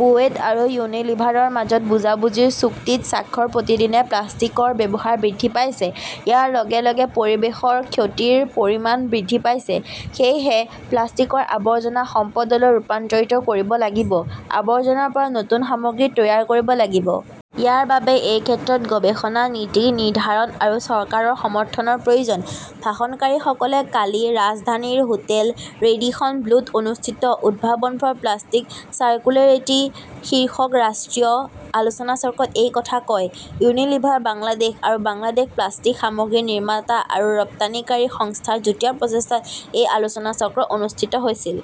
বুয়েট আৰু ইউনিলিভাৰৰ মাজত বুজাবুজিৰ চুক্তিত স্বাক্ষৰ প্ৰতিদিনে প্লাষ্টিকৰ ব্যৱহাৰ বৃদ্ধি পাইছে। ইয়াৰ লগে লগে পৰিৱেশৰ ক্ষতিৰ পৰিমাণ বৃদ্ধি পাইছে। সেয়েহে প্লাষ্টিকৰ আৱৰ্জনা সম্পদলৈ ৰূপান্তৰিত কৰিব লাগিব। আৱৰ্জনাৰ পৰা নতুন সামগ্ৰী তৈয়াৰ কৰিব লাগিব। ইয়াৰ বাবে এই ক্ষেত্ৰত গৱেষণা, নীতি নিৰ্ধাৰণ আৰু চৰকাৰৰ সমৰ্থনৰ প্ৰয়োজন। ভাষণকাৰীসকলে কালি ৰাজধানীৰ হোটেল ৰেডিসন ব্লুত অনুষ্ঠিত 'উদ্ভাৱন ফৰ প্লাষ্টিক চাৰ্কুলেৰিটি শীৰ্ষক ৰাষ্ট্ৰীয় আলোচনাচক্ৰত এই কথা কয়। ইউনিলিভাৰ বাংলাদেশ আৰু বাংলাদেশ প্লাষ্টিক সামগ্ৰী নিৰ্মাতা আৰু ৰপ্তানিকাৰী সংস্থা ৰ যুটীয়া প্ৰচেষ্টাত এই আলোচনাচক্ৰ অনুষ্ঠিত হৈছিল।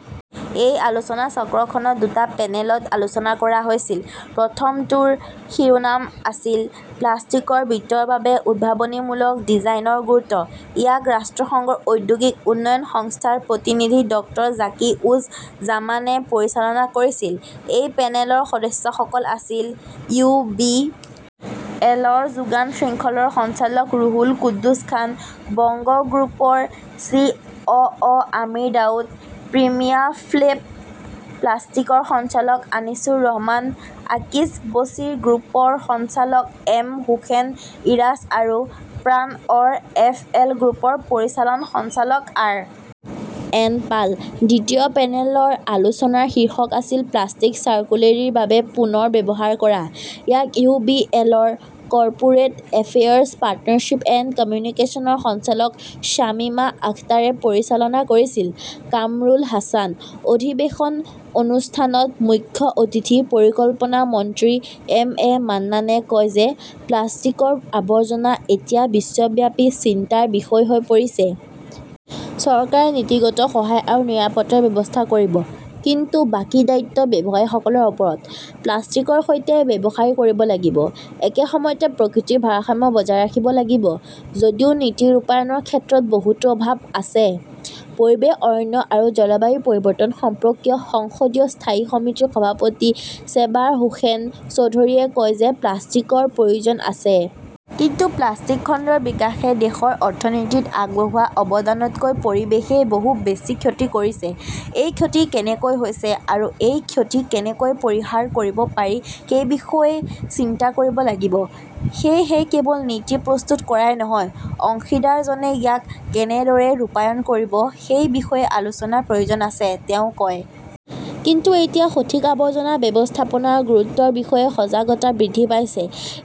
এই আলোচনাচক্ৰখনত দুটা পেনেলত আলোচনা কৰা হৈছিল। প্ৰথমটোৰ শিৰোনাম আছিল-প্লাষ্টিকৰ বৃত্তৰ বাবে উদ্ভাৱনীমূলক ডিজাইনৰ গুৰুত্ব। ইয়াক ৰাষ্ট্ৰসংঘৰ ঔদ্যোগিক উন্নয়ন সংস্থাৰ প্ৰতিনিধি ডক্টৰ জাকি উজ জামানে পৰিচালনা কৰিছিল। এই পেনেলৰ সদস্যসকল আছিল ইউ. বি. এল. ৰ যোগান শৃংখলৰ সঞ্চালক ৰুহুল কুদ্দুছ খান, বংগ গ্ৰুপৰ চি. অ. অ. আমিৰ দাউদ, প্ৰিমিয়াফ্লেপ প্লাষ্টিকৰ সঞ্চালক অনিছুৰ ৰহমান, আকিজ-বছিৰ গ্ৰুপৰ সঞ্চালক এম হোসেন ইৰাজ আৰু প্ৰাণ-আৰ. এফ. এল. গ্ৰুপৰ পৰিচালন সঞ্চালক আৰ. এন. পাল। দ্বিতীয় পেনেলৰ আলোচনাৰ শীৰ্ষক আছিল-প্লাষ্টিক চাৰ্কুলেৰীৰ বাবে পুনৰ্ব্যৱহাৰ কৰা। ইয়াক ইউ. বি. এল. ৰ কৰ্পোৰেট এফেয়াৰ্ছ, পাৰ্টনাৰশ্বিপ এণ্ড কমিউনিকেচনছৰ সঞ্চালক শ্বামিমা আখতাৰে পৰিচালনা কৰিছিল। কামৰুল হাছান। অধিৱেশন অনুষ্ঠানত মুখ্য অতিথি পৰিকল্পনা মন্ত্ৰী এম এ মান্নানে কয় যে প্লাষ্টিকৰ আৱৰ্জনা এতিয়া বিশ্বব্যাপী চিন্তাৰ বিষয় হৈ পৰিছে। চৰকাৰে নীতিগত সহায় আৰু নিৰাপত্তাৰ ব্যৱস্থা কৰিব। কিন্তু বাকী দায়িত্ব ব্যৱসায়ীসকলৰ ওপৰত। প্লাষ্টিকৰ সৈতে ব্যৱসায় কৰিব লাগিব, একে সময়তে প্ৰকৃতিৰ ভাৰসাম্য বজাই ৰাখিব লাগিব। যদিও নীতি ৰূপায়ণৰ ক্ষেত্ৰত বহুতো অভাৱ আছে। পৰিৱেশ, অৰণ্য আৰু জলবায়ু পৰিৱৰ্তন সম্পৰ্কীয় সংসদীয় স্থায়ী সমিতিৰ সভাপতি চেবাৰ হোসেন চৌধুৰীয়ে কয় যে প্লাষ্টিকৰ প্ৰয়োজন আছে। কিন্তু প্লাষ্টিক খণ্ডৰ বিকাশে দেশৰ অৰ্থনীতিত আগবঢ়োৱা অৱদানতকৈ পৰিৱেশই বহু বেছি ক্ষতি কৰিছে। এই ক্ষতি কেনেকৈ হৈছে আৰু এই ক্ষতি কেনেকৈ পৰিহাৰ কৰিব পাৰি সেই বিষয়ে চিন্তা কৰিব লাগিব। সেয়েহে কেৱল নীতি প্ৰস্তুত কৰাই নহয়; অংশীদাৰজনে ইয়াক কেনেদৰে ৰূপায়ণ কৰিব সেই বিষয়ে আলোচনাৰ প্ৰয়োজন আছে, তেওঁ কয়। কিন্তু এতিয়া সঠিক আৱৰ্জনা ব্যৱস্থাপনাৰ গুৰুত্বৰ বিষয়ে সজাগতা বৃদ্ধি পাইছে।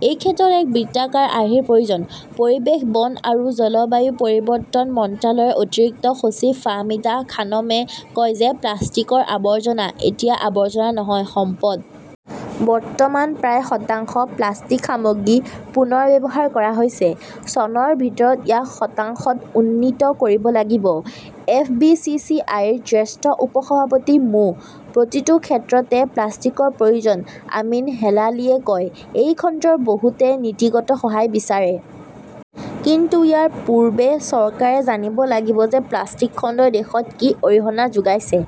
এই ক্ষেত্ৰত এক বৃত্তাকাৰ আৰ্হিৰ প্ৰয়োজন। পৰিৱেশ, বন আৰু জলবায়ু পৰিৱৰ্তন মন্ত্ৰালয়ৰ অতিৰিক্ত সচিব ফাহমিদা খানমে কয় যে প্লাষ্টিকৰ আৱৰ্জনা এতিয়া আৱৰ্জনা নহয়, সম্পদ। বৰ্তমান প্ৰায় শতাংশ প্লাষ্টিক সামগ্ৰী পুনৰ্ব্যৱহাৰ কৰা হৈছে। চনৰ ভিতৰত ইয়াক শতাংশত উন্নীত কৰিব লাগিব। F. B. C. C. I. ৰ জ্যেষ্ঠ উপ-সভাপতি মো. প্ৰতিটো ক্ষেত্ৰতে প্লাষ্টিকৰ প্ৰয়োজন, আমিন হেলালিয়ে কয়। এই খণ্ডৰ বহুতে নীতিগত সহায় বিচাৰে। কিন্তু ইয়াৰ পূৰ্বে চৰকাৰে জানিব লাগিব যে প্লাষ্টিক খণ্ডই দেশত কি অৰিহণা যোগাইছে,